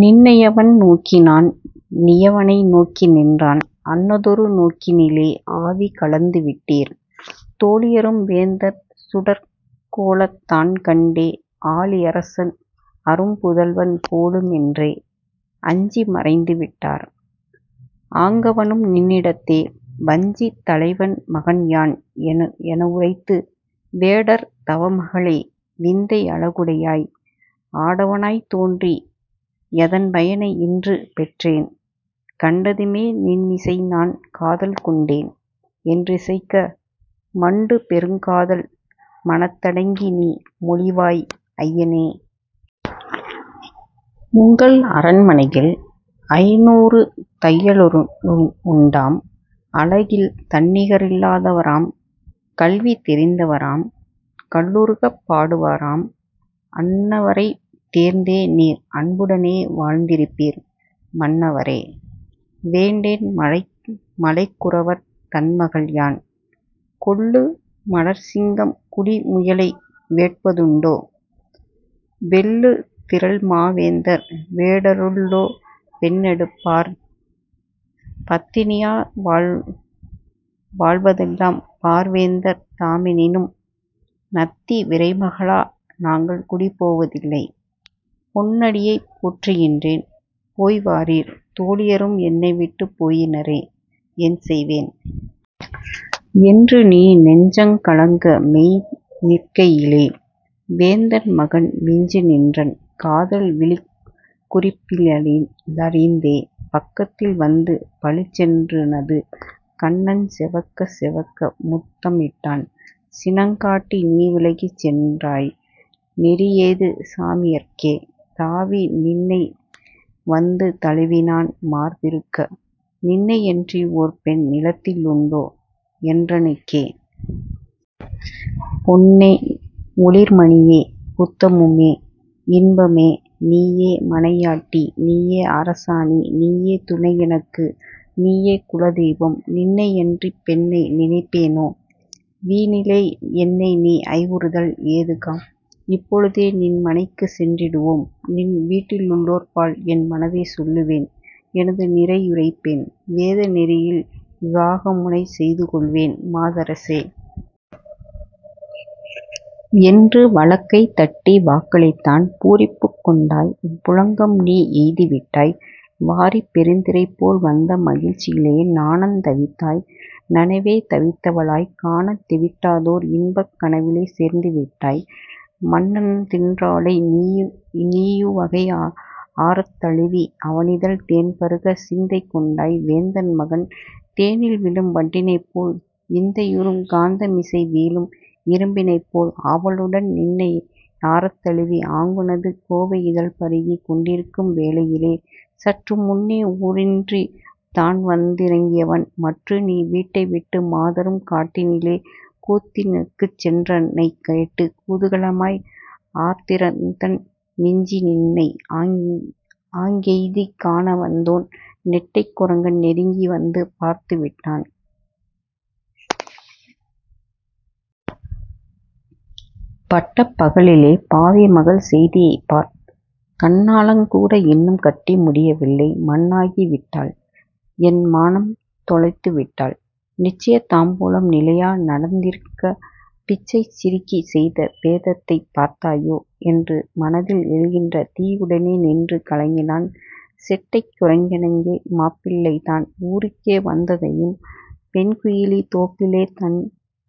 நின்னையவன் நோக்கினான்; நீயவனை நோக்கி நின்றான்; அன்னதொரு நோக்கினிலே ஆவி கலந்துவிட்டீர். தோழியரும் வேந்தன் சுடர்க்கோலந் தான்கண்டே ஆழியரசன் அரும்புதல்வன் போலு மென்றே அஞ்சி மறைந்து விட்டார். ஆங்கவனும் நின்னிடத்தே. ''வஞ்சித் தலைவன் மகன்யான்'' என எனவுரைத்து, ''வேடர் தவமகளே! விந்தை யழகுடையாய்! ஆடவனாத் தோன்றி யதன்பயனை இன்று பெற்றேன்; கண்டதுமே நின்மிசைநான் காதல்கொண்டேன்'' என்றிசைக்க, மண்டு பெருங்காதல் மனத்தடங்கி நீ மொழிவாய்; ''ஐயனே! உங்கள் அரமனையில் ஐந்நூறு தையலருண் டாம்; அழகில் தன்னிகரில் லாதவராம்; கல்வி தெரிந்தவராம்; கல்லுருகப் பாடுவராம்; அன்னவரைச் தேர்ந்தே நீர் அன்புடனே வாழ்ந்திருப்பீர், மன்னவரே வேண்டேன், மலை மலைக்குறவர் தம்மகள்யான்; கொல்லு மடற்சிங்கம் குழிமுயலை வேட்பதுண்டோ? வெல்லுதிறல்மாவேந்தர் வேடருள்ளோ பெண்ணெடுப்பார்? பத்தினியா வாழ்வாழ்வதல்லாம் பார்வேந்தர் தாமெனினும் நத்தி விரைமகளா நாங்கள்குடி போவதில்லை, பொன்னடியைப் போற்றுகின்றேன், போய் வாரீர் தோழியரும் என்னைவிட்டுப் போயினரே, என்செய்வேன்? '' என்று நீ நெஞ்சங் கலங்கமெய்தி நிற்கையிலே, வேந்தன் மகன் மிஞ்சுநின்றன் காதல் விழிக்குறிப்பி னாலறிந்தே,। பக்கத்தில் வந்து பளிச்சென்றுனது கன்னஞ் செக்கச் சிவக்க முத்தமிட்டான் சினங்காட்டி நீ விலகிச் சென்றாய் நெறியேது சாமியர்க்கே? தாவி நின்னைவந்து தழுவினான் மார்பிறுக. ''நின்னையன்றி ஓர் பெண் நிலத்திலுண்டோ என்றனுக்கே? பொன்னை, ஒளிர்மணியே. புத்தமுதே, இன்பமே, நீயே மனையாட்டி, நீயே அரசாணி, நீயே துணை எனக்கு. நீயே குலதெய்வம். நின்னையன்றிப் பெண்ணை, நினைப்பேனொ; வீணிலே என்னை நீ ஐயுறுதல் ஏதுக்காம்? இப்பொழுதே நின்மனைக்குச் சென்றிடுவோம்; நின்வீட்டி லுள்ளோர்பால் என்மனதைச் சொல்வேன். எனதுநிரை யுரைப்பேன். வேத நெறியில் விவாகமுனைச் செய்துகொள்வேன், மாதரசே! '' என்று வலக் கைதட்டி வாக்களித்தான். பூரிப்புக் கொண்டாய் புளகம்நீ எய்திவிட்டாய். வாரிப் பெருந்திரைபோல் வந்த மகிழ்ச்சியிலே நாணந் தவிர்த்தாய்; நனவே தவிர்ந்தவளாய், காணத் தெவிட்டாதோர் இன்பக் கனவிலே சேர்ந்துவிட்டாய், மன்னன் திண்டாளை நீயுவகை ஆர்த்தழுவி அவனிதழில் தேன்பருகச் சிந்தை கொண்டாய், வேந்தன் மகன், தேனில் விழும் வண்டினைப்போல் விந்தையுறு காந்தமிசை வீழும் இரும்பினைப்போல், ஆவலுடன் நின்னை ஆறத்தழுவி, ஆங்குனது கோவை யிதழ்பருகிக் கொண்டிருக்கும் வேளையிலே, சற்றுமுன்னே ஊரினின்று தான்வந் திறங்கியவன், மற்றுநீ வீட்டைவிட்டு மாதருடன் காட்டினிலே கூத்தினுக்குச் சென்றதனைக் கேட்டு குதூகலமாய் ஆத்திரந்தன் மிஞ்சிநின்னை ஆங்கெய்திக் காணவந்தோன், நெட்டைக் குரங்கன் நெருங்கிவந்து பார்த்து விட்டான். ''பட்டப் பகலிலே! பாவிமகள் செய்தியைப் பார்! கண்ணாலங் கூடஇன்னுங் கட்டி முடியவில்லை மண்ணாக்கி விட்டாள்! என்மானந்தொலைத்துவிட்டாள். 'நிச்சய தாம்பூலம்' நிலையா நட ந்திருக்கப் பிச்சைச் சிறுக்கி செய்த பேதத்தைப் பார்த்தாயோ? '' என்று மனதில் எழுகின்ற தீயுடனே நின்று கலங்கினான் செட்டைக் குரங்கனங்கே மாப்பிள்ளைதான் ஊருக்கு வந்ததையும், பெண்குயிலி, தோப்பிலே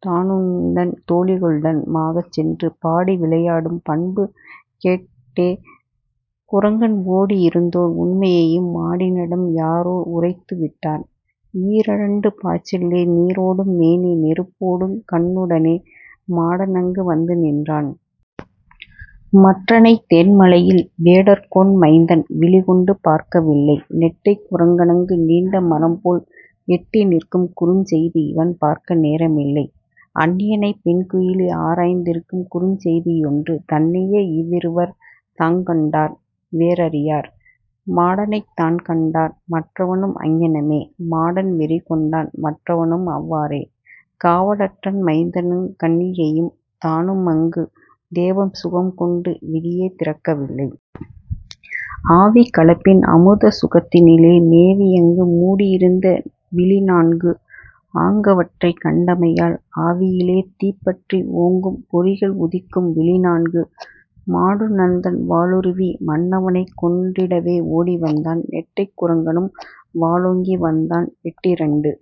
தானுந்தன் தோழிகளு மாச்சென்று பாடி விளையாடும் பண்புகேட் டேகுரங்கன் ஓடி யிருந்தோர் உண்மையையும் மாடனிடம் யாரோ உரைத்துவிட்டார்: ஈரிரண்டு பாய்ச்சலிலே நீரோடும் மேனி நெருப்போடுங் கண்ணுடனே மாடனங்கு வந்துநின்றான். மற்றனைத் தேன்மலையில் வேடர்கோன் மைந்தன் விழிகொண்டு பார்க்கவில்லை. நெட்டைக் குரங்கனங்கு நீண்ட மரம்போல எட்டிநிற்குருஞ் செய்தி இவன்பார்க்க நேரமில்லை. அன்னியனைப் பெண்குயிலி ஆரைந்திருக்குஞ் செய்தியொன்று தன்னையே இவ்விருவர் தாங்கண்டார், வேறறியார். மாடனதைத் தான்கண்டான், மற்றவனும் அங்ஙனமே. மாடன் வெறிகொண்டான், மற்றுவனும் அவ்வாறே. காவலற்றன் மைந்தனுமக் கன்னிகையும் தானுமங்கு தேவசுகங் கொண்டு விழியே திறக்கவில்லை. ஆவிக் கலப்பின் அமுத சுகந்தனிலே மேவியங்கு மூடி யிருந்த விழிநான்கு ஆங்கவற்றைக் கண்டமையால் ஆவியிலே தீப்பற்றி ஓங்கும் பொறிகள் உதிர்க்கும் விழிநான்கு. மாடனுந்தன் வாளுருவி மன்னவனைக் கொன்றிடவே ஓடிவந்தான்; நெட்டைக் குரங்கனும் வாளோங்கி வந்தான்; வெட்டிரண்டு